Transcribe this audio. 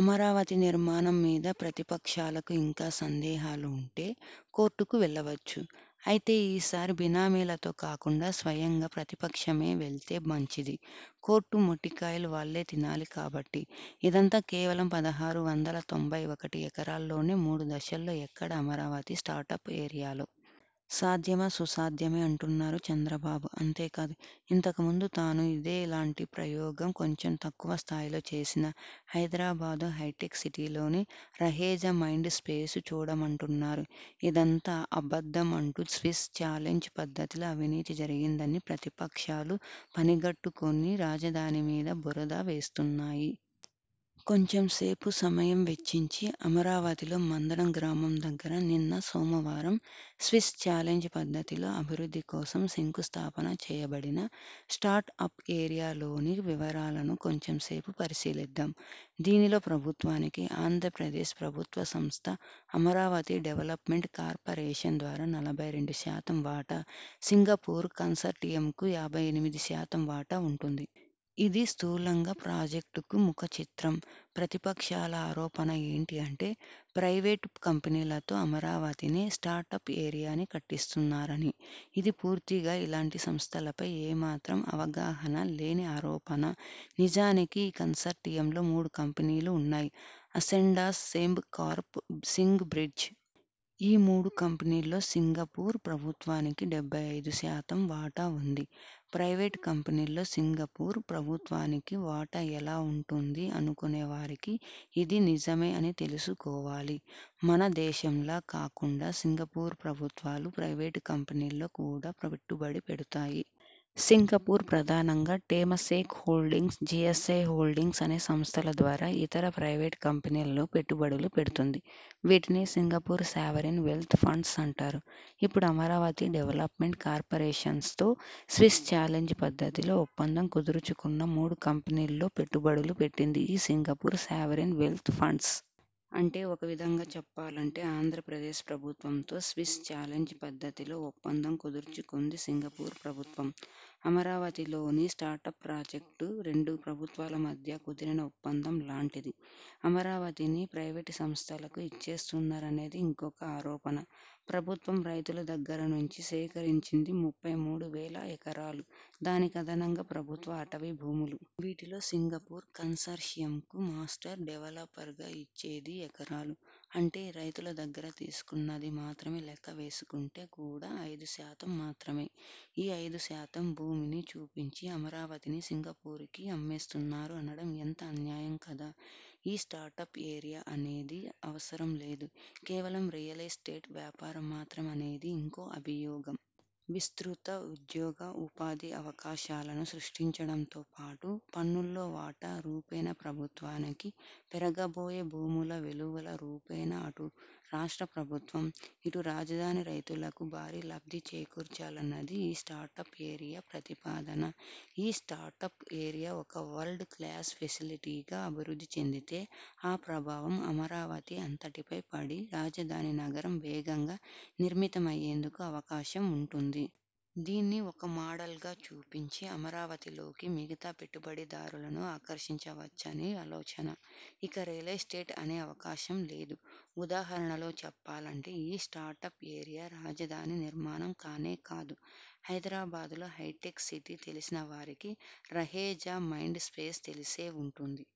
అమరావతి నిర్మాణం మీద ప్రతిపక్షాలకు ఇంకా సందేహాలు వుంటే, కోర్టుకు వెళ్ళవచ్చు. అయితే ఈసారి బినామీలతో కాకుండా, స్వయంగా ప్రతిపక్షమే వెళ్తే మంచిది. కోర్టు మొట్టి కాయలు వాళ్ళే తినాలి కాబట్టి..! ఇదంతా కేవలం పదహారు వందల తొంభై ఒకటిఎకరాల్లోనే! మూడు దశల్లో! ఎక్కడ? అమరావతి స్టార్ట్ అప్ ఏరియాలో! సాధ్యమా? సుసాధ్యమే అంటున్నారు చంద్రబాబు..! అంతే కాదు, ఇంతకు ముందు తాను ఇదే లాంటి ప్రయోగం, కొంచం తక్కువ స్థాయిలో చేసిన, హైదరాబాదు హైటెక్ సిటీలోని, రహేజా మైండ్ స్పేస్ చూడమంటున్నారు! ఇదంతా అబద్ధం అంటూ స్విస్స్ చాలెంజ్ పద్ధతిలో అవినీతి జరిగిందని ప్రతిపక్షాలు పనిగట్టుకొని రాజధాని మీద బురద వేస్తున్నాయి. కొంచంసేపు సమయం వెచ్చించి, అమరావతిలో మందడం గ్రామం దగ్గర నిన్న, సోమవారం స్విస్స్ చాలెంజ్ పద్ధతిలో అభివృద్ధి కోసం శంఖు స్థాపన చేయబడిన 'స్టార్ట్ అప్ ఏరియా' లోని వివరాలను కొంచంసేపు పరిశీలిద్దాం. దీనిలో ప్రభుత్వానికి, ఆంధ్రప్రదేశ్ ప్రభుత్వ సంస్థ అమరావతి డెవలప్మెంట్ కార్పరేషన్ ద్వారా నలభై రెండు శాతం వాటా, సింగపూర్ కన్సార్టియంకు యాభై ఎనిమిది శాతం వాటా వుంటుంది. ఇదీ స్థూలంగా ప్రాజెక్టు ముఖ చిత్రం. ప్రతిపక్షాల ఆరోపణ ఏంటి అంటే, ప్రైవేటు కంపెనీలతో అమరావతిని స్టార్ట్ అప్ ఏరియాని కట్టిస్తున్నారు అని. ఇది పూర్తిగా ఇలాంటి సంస్థలపై ఏ మాత్రం అవగాహన లేని ఆరోపణ. నిజానికి ఈ కన్సార్టియంలో మూడు కంపెనీలు వున్నాయి. Ascendas, Sembcorp, Singbridge. ఈ మూడు కంపెనీల్లో సింగపూర్ ప్రభుత్వానికి డెబ్బై ఐదు శాతం వాటా వుంది. ప్రైవేటు కంపెనీల్లో సింగపూర్ ప్రభుత్వానికి వాటా ఎలా వుంటుంది అనుకొనే వారికి, ఇది నిజమే అని తెలుసుకోవాలి. మన దేశంలా కాకుండా సింగపూర్ ప్రభుత్వాలు, ప్రైవేటు కంపెనీల్లో కూడా పెట్టుబడి పెడుతాయి. సింగపూర్ ప్రధానంగా, 'టేమాసేక్ హోల్డింగ్స్', 'జీఐసి హోల్డింగ్స్' అనే సంస్థల ద్వారా ఇతర ప్రైవేటు కంపనీలలో పెట్టుబడులు పెడుతుంది. వీటిని సింగపూర్ సావరిన్ వెల్త్ ఫండ్స్ అంటారు. ఇప్పుడు అమరావతి డెవలప్మెంట్ కార్పరేషన్తో స్విస్ చాలెంజ్ పద్ధతిలో ఒప్పదం కుదుర్చుకొన్న మూడు కంపెనీల్లో పెట్టుబడులు పెట్టింది ఈ సింగపూర్ సావరిన్ వెల్త్ ఫండ్స్. అంటే, ఒక విధంగా చెప్పాలంటే, ఆంద్రప్రదేశ్ ప్రభుత్వంతో స్విస్ చాలెంజ్ పద్ధతిలో ఒప్పందం కుదుర్చుకొంది సింగపూర్ ప్రభుత్వం. అమరావతిలోని స్టార్టప్ ప్రాజెక్టు రెండు ప్రభుత్వాల మధ్య కుదిరిన ఒప్పందం లాంటిది. అమరావతిని ప్రైవేటు సంస్థలకు ఇచ్చేస్తున్నారు అనేది ఇంకొక ఆరోపణ. ప్రభుత్వం రైతుల దగ్గర నుంచి సేకరించింది ముప్పై మూడు వేల ఎకరాలు, దానికి అదనంగా ప్రభుత్వ అటవీ భూములు. వీటిలో సింగపూర్ కన్సార్షియంకు మాస్టర్ డెవలపర్ గా ఇచ్చేది ఎకరాలు. అంటే, రైతుల దగ్గర తీసుకొన్నది మాత్రమే లెక్క వేసుకొంటే కూడా, ఐదు శాతం మాత్రమే. ఈ అయిదు శాతం భూమిని చూపించి అమరావతిని సింగపూర్ కి అమ్మేస్తున్నారు అనడం ఎంత అన్యాయం కదా. ఈ స్టార్ట్ అప్ ఏరియా అనేది అవసరం లేదు, కేవలం రియల్ ఎస్టేట్ వ్యాపారం మాత్రమే అనేది ఇంకో అభియోగం. విస్తృత ఉద్యోగ, ఉపాధి అవకాశాలను సృష్టించడంతో పాటు పన్నుల్లో వాటా రూపేణా ప్రభుత్వానికి, పెరగబోయే భూముల విలువల రూపేణా అటు రాష్ట్ర ప్రభుత్వం, ఇటు రాజధాని రైతులకు భారీ లబ్ధి చేకూర్చాలన్నది ఈ స్టార్టప్ ఏరియా ప్రతిపాదన. ఈ స్టార్ట్ అప్ ఏరియా ఒక వరల్డ్ క్లాస్ ఫెసిలిటీగా అభివృద్ధి చెందితే, ఆ ప్రభావం అమరావతి అంతటిపై పడి, రాజధాని నగరం వేగంగా నిర్మితమయ్యేందుకు అవకాశం వుంటుంది. దీన్ని ఒక మాడల్ గా చూపించి అమరావతిలోకి మిగతా పెట్టుబడిదారులను ఆకర్షించవచ్చని ఆలోచన. ఇక రియల్ ఎస్టేట్ అనే అవకాశమే లేదు. ఉదాహరణలో చెప్పాలంటే, ఈ స్టార్ట్ అప్ ఏరియా రాజధాని నిర్మాణం కానే కాదు. హైదరాబాదులో హైటెక్ సిటీ తెలిసిన వారికి రహేజా మైండ్ స్పేస్ తెలిసే వుంటుంది.